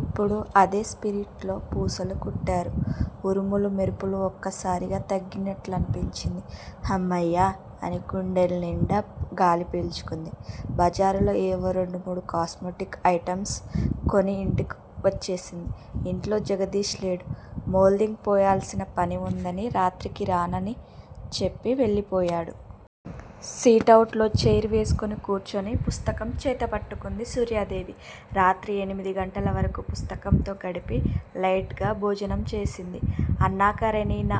ఇప్పుడూ అదే స్పిరిట్ లో పూసలు కుట్టారు. ఉరుములు, మెరుపులు ఒక్కసారిగా తగ్గినట్లనిపించింది. హమ్మయ్య అని గుండెల్నిండా గాలి పీల్చుకుంది. బజారులో ఏవో రెండు మూడు కాస్మటిక్ ఐటమ్స్ కొని ఇంటికి వచ్చేసింది. ఇంట్లో జగదీష్ లేడు. మోల్దింగ్ పోయాల్సిన పని వుందని రాత్రికి రానని చెప్పి వెళ్ళిపోయాడు. సిటవుట్ లో చైర్ వేసుకుని కూర్చుని, పుస్తకం చేతబట్టుకుంది సూర్యాదేవి. రాత్రి ఎనిమిది గంటల వరకు పుస్తకంతో గడిపి లైట్ గా భోజనం చేసింది. అన్నాకరేనినా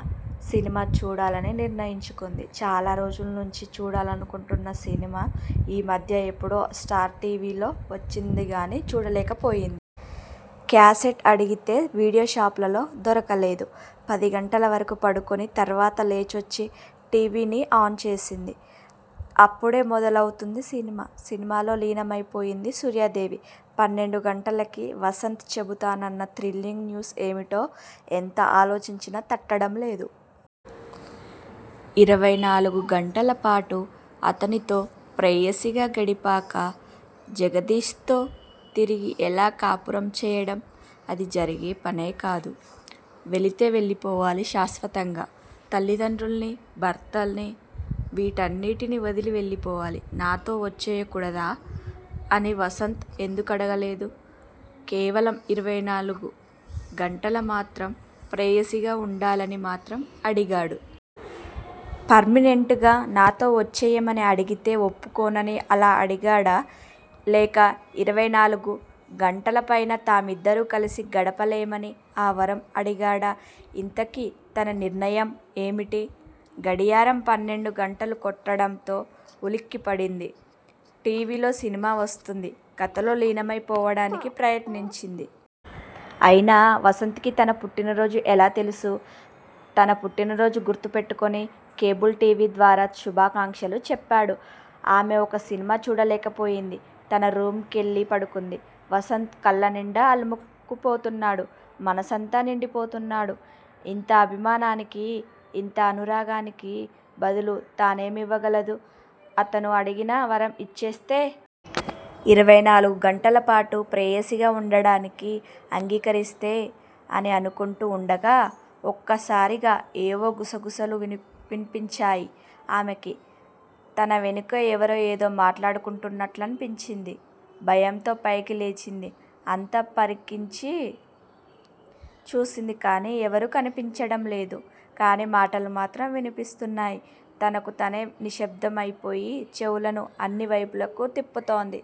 సినిమా చూడాలని నిర్ణయించుకుంది. చాలా రోజుల్నుంచి చూడాలనుకుంటున్న సినిమా ఈ మధ్య ఎప్పుడో స్టార్ టీ. వీ. లో వచ్చిందిగానీ చూడలేకపోయింది. కేసెట్ అడిగితే వీడియో షాప్ లలో దొరకలేదు. పదిగంటల వరకు పడుకుని, తర్వాత లేచొచ్చి టీ. వీ. ని ఆన్ చేసింది అప్పుడే మొదలౌతుంది సినిమా. సినిమాలో లీనమైపోయింది సూర్యాదేవి. పన్నెండు గంటలకి వసంత్ చెబుతానన్న థ్రిల్లింగ్ న్యూస్ ఏమిటో ఎంత ఆలోచించినా తట్టడం లేదు. ఇరవై నాలుగు గంటలపాటు అతనితో ప్రేయసిగా గడిపాక జగదీష్ తో తిరిగి ఎలా కాపురం చేయడం? అది జరిగే పనికాదు. వెళితే వెళ్ళిపోవాలి- శాశ్వతంగా తల్లిదండ్రుల్ని, భర్తనీ, వీటినన్నిటినీ వదిలి వెళ్ళిపోవాలి. నాతో వచ్చేయకూడదా అని వసంత్ ఎందుకడగలేదు. కేవలం ఇరవై నాలుగు గంటలు మాత్రం ప్రేయసిగా వుండాలని మాత్రం అడిగాడు. పర్మినెంట్ గా నాతో వచ్చేయమని అడిగితే- ఒప్పుకోనని అలా అడిగాడా? లేక ఇరవై నాలుగు గంటలు పైన తామిద్దరూ కలిసి గడపలేమని ఆ వరం అడిగాడా? ఇంతకీ తన నిర్ణయం ఏమిటి? గడియారం పన్నెండు గంటలు కొట్టడంతో ఉలిక్కిపడింది. టీవీలో సినిమా వస్తోంది. కథలో లీనమై పోవడానికి ప్రయత్నించింది. అయినా వసంత్ కి తన పుట్టినరోజు ఎలా తెలుసు? తన పుట్టినరోజు గుర్తు పెట్టుకుని, కేబుల్ టీ. వీ ద్వారా శుభాకాంక్షాలు చెప్పాడు. ఆమె ఇక సినిమా చూడలేకపోయింది. తన రూమ్ కెళ్ళి పడుకుంది. వసంత్ కళ్ళనిండా అలుముకుపోతున్నాడు. మనసంతా నిండిపోతున్నాడు. ఇంత అభిమానానికి, ఇంత అనురాగానికి బదులు తానేమివ్వగలదు అతను అడిగిన వరం ఇచ్చేస్తే? ఇరవై నాలుగు గంటలపాటు ప్రేయసిగా వుండడానికి అంగీకరిస్తే అని అనుకుంటూ వుండగా ఒక్కసారిగా ఏవో గుసగుసలు విన్పించాయి ఆమెకి. తన వెనకే ఎవరో ఏదో మాట్లాడుకుంటున్నట్లనిపించి, భయంతో పైకి లేచింది. అంతా పరికించి చూసింది గానీ ఎవరూ కనిపించడంలేదు. కానీ మాటలు మాత్రం వినిపిస్తున్నాయి. తనకు తనే నిశ్శబ్దం అయిపోయి చెవులను అన్నివైపులకి తిప్పుతోంది.